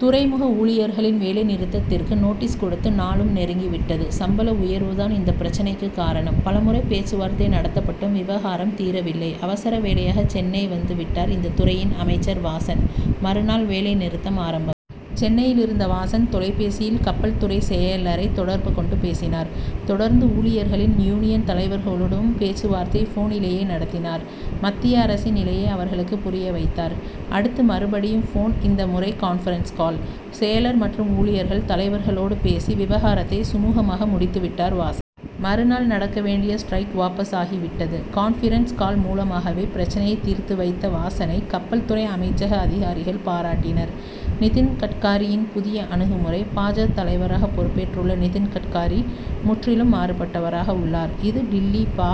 துறைமுக ஊழியர்களின் வேலை நிறுத்தத்திற்கு நோட்டீஸ் கொடுத்து நாளும் நெருங்கி விட்டது. சம்பள உயர்வுதான் இந்த பிரச்னைக்குக் காரணம். பலமுறை பேச்சு வார்த்தை நடத்தப்பட்டும் விவகாரம் தீரவில்லை. அவசர வேலையாக சென்னை வந்து விட்டார் இந்த துறையின் அமைச்சர் வாசன். மறுநாள் வேலை நிறுத்தம் ஆரம்பம். சென்னையிலிருந்த வாசன், தொலைபேசியில் கப்பல்துறை செயலரை தொடர்பு கொண்டு பேசினார். தொடர்ந்து ஊழியர்களின் யூனியன் தலைவர்களோடும் பேச்சு வார்த்தை போனிலேயே நடத்தினார். மத்திய அரசின் நிலையை அவர்களுக்கு புரிய வைத்தார். அடுத்து மறுபடியும் போன், இந்த முறை கான்பிரன்ஸ் கால். செயலர் மற்றும் ஊழியர்கள் தலைவர்களோடு பேசி, விவகாரத்தை சுமுகமாக முடித்து விட்டார் வாசன். மறுநாள் நடக்க வேண்டிய ஸ்டிரைக் வாபஸ் ஆகிவிட்டது. 'கான்பிரன்ஸ் கால்' மூலமாகவே பிரச்னையை தீர்த்து வைத்த வாசனை கப்பல் துறை அமைச்சக அதிகாரிகள் பாராட்டினர். நிதின் கட்காரியின் புதிய அணுகுமுறை பா. ஜ., தலைவராக பொறுப்பேற்றுள்ள நிதின் கட்காரி, முற்றிலும் மாறுபட்டவராக உள்ளார். இது டில்லி பா.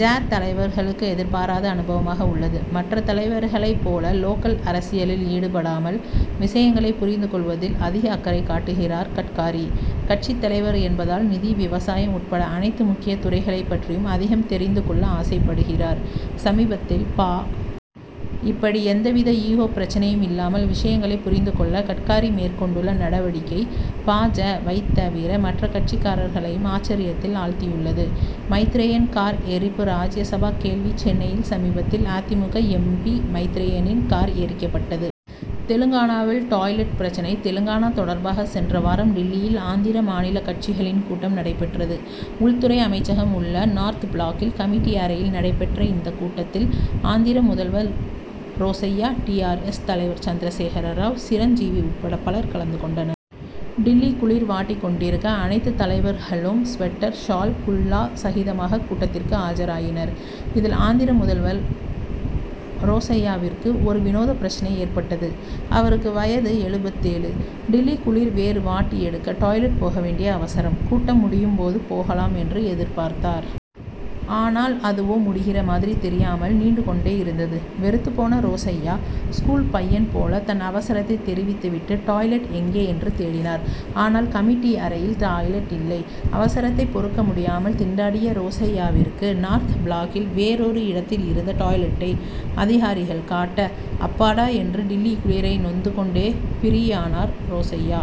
ஜ., தலைவர்களுக்கு எதிர்பாராத அனுபவமாக உள்ளது. மற்ற தலைவர்களைப் போல லோக்கல் அரசியலில் ஈடுபடாமல் விஷயங்களை புரிந்து கொள்வதில் அதிக அக்கறை காட்டுகிறார் கட்காரி. கட்சித் தலைவர் என்பதால், நிதி, விவசாயம் உட்பட அனைத்து முக்கிய துறைகளைப் பற்றியும் அதிகம் தெரிந்து கொள்ள ஆசைப்படுகிறார். சமீபத்தில், பா. இப்படி எந்தவித ஈகோ பிரச்னையும் இல்லாமல் விஷயங்களைப் புரிந்துகொள்ள கட்காரி மேற்கொண்டுள்ள நடவடிக்கை பா. ஜ.,வைத் தவிர மற்ற கட்சிக்காரர்களையும் ஆச்சரியத்தில் ஆழ்த்தியுள்ளது. மைத்ரேயன் கார் எரிப்பு ராஜ்ய சபா கேள்வி சென்னையில் சமீபத்தில் அ. தி. மு. க., எம். பி., மைத்ரேயனின் கார் எரிக்கப்பட்டது. தெலுங்கானாவில் டாய்லெட் பிரச்னை தெலுங்கானா தொடர்பாக சென்ற வாரம் டில்லியில் ஆந்திர மாநில கட்சிகளின் கூட்டம் நடைபெற்றது. உள்துறை அமைச்சகம் உள்ள நார்த் ப்ளாக்கில் கமிட்டி அறையில் நடைபெற்ற இந்தக் கூட்டத்தில், ஆந்திர முதல்வர் ரோசய்யா, டி. ஆர். எஸ்., தலைவர் சந்திரசேகர ராவ், சிரஞ்சீவி உட்பட பலர் கலந்துகொண்டனர். டில்லி குளிர் வாட்டிக் கொண்டிருக்க, அனைத்து தலைவர்களும் ஸ்வெட்டர், ஷால், குல்லா சகிதமாக கூட்டத்திற்கு ஆஜராயினர். இதில், ஆந்திர முதல்வர் ரோசய்யாவிற்கு ஒரு வினோத பிரச்னை ஏற்பட்டது. அவருக்கு வயது எழுபத்தேழு. டில்லி குளிர் வேறு வாட்டி எடுக்க, டாய்லெட் போக வேண்டிய அவசரம். கூட்டம் முடியும் போது போகலாம் என்று எதிர்பார்த்தார். ஆனால், அதுவோ முடிகிற மாதிரி தெரியாமல் நீண்டுகொண்டே இருந் தது. வெறுத்துப்போன ரோசய்யா, ஸ்கூல் பையன் போல தன் அவசரத்தை தெரிவித்துவிட்டு டாய்லெட் எங்கே என்று தேடினார். ஆனால், கமிட்டி அறையில் டாய்லெட் இல்லை. அவசரத்தைப் பொறுக்க முடியாமல் திண்டாடிய ரோசய்யாவிற்கு நார்த் ப்ளாக்கில் வேறொரு இடத்தில் இருந்த டாய்லெட்டை அதிகாரிகள் காட்ட, அப்பாடா என்று டில்லி குளிரை நொந்து கொண்டே ப்ரீயானார் ரோசய்யா.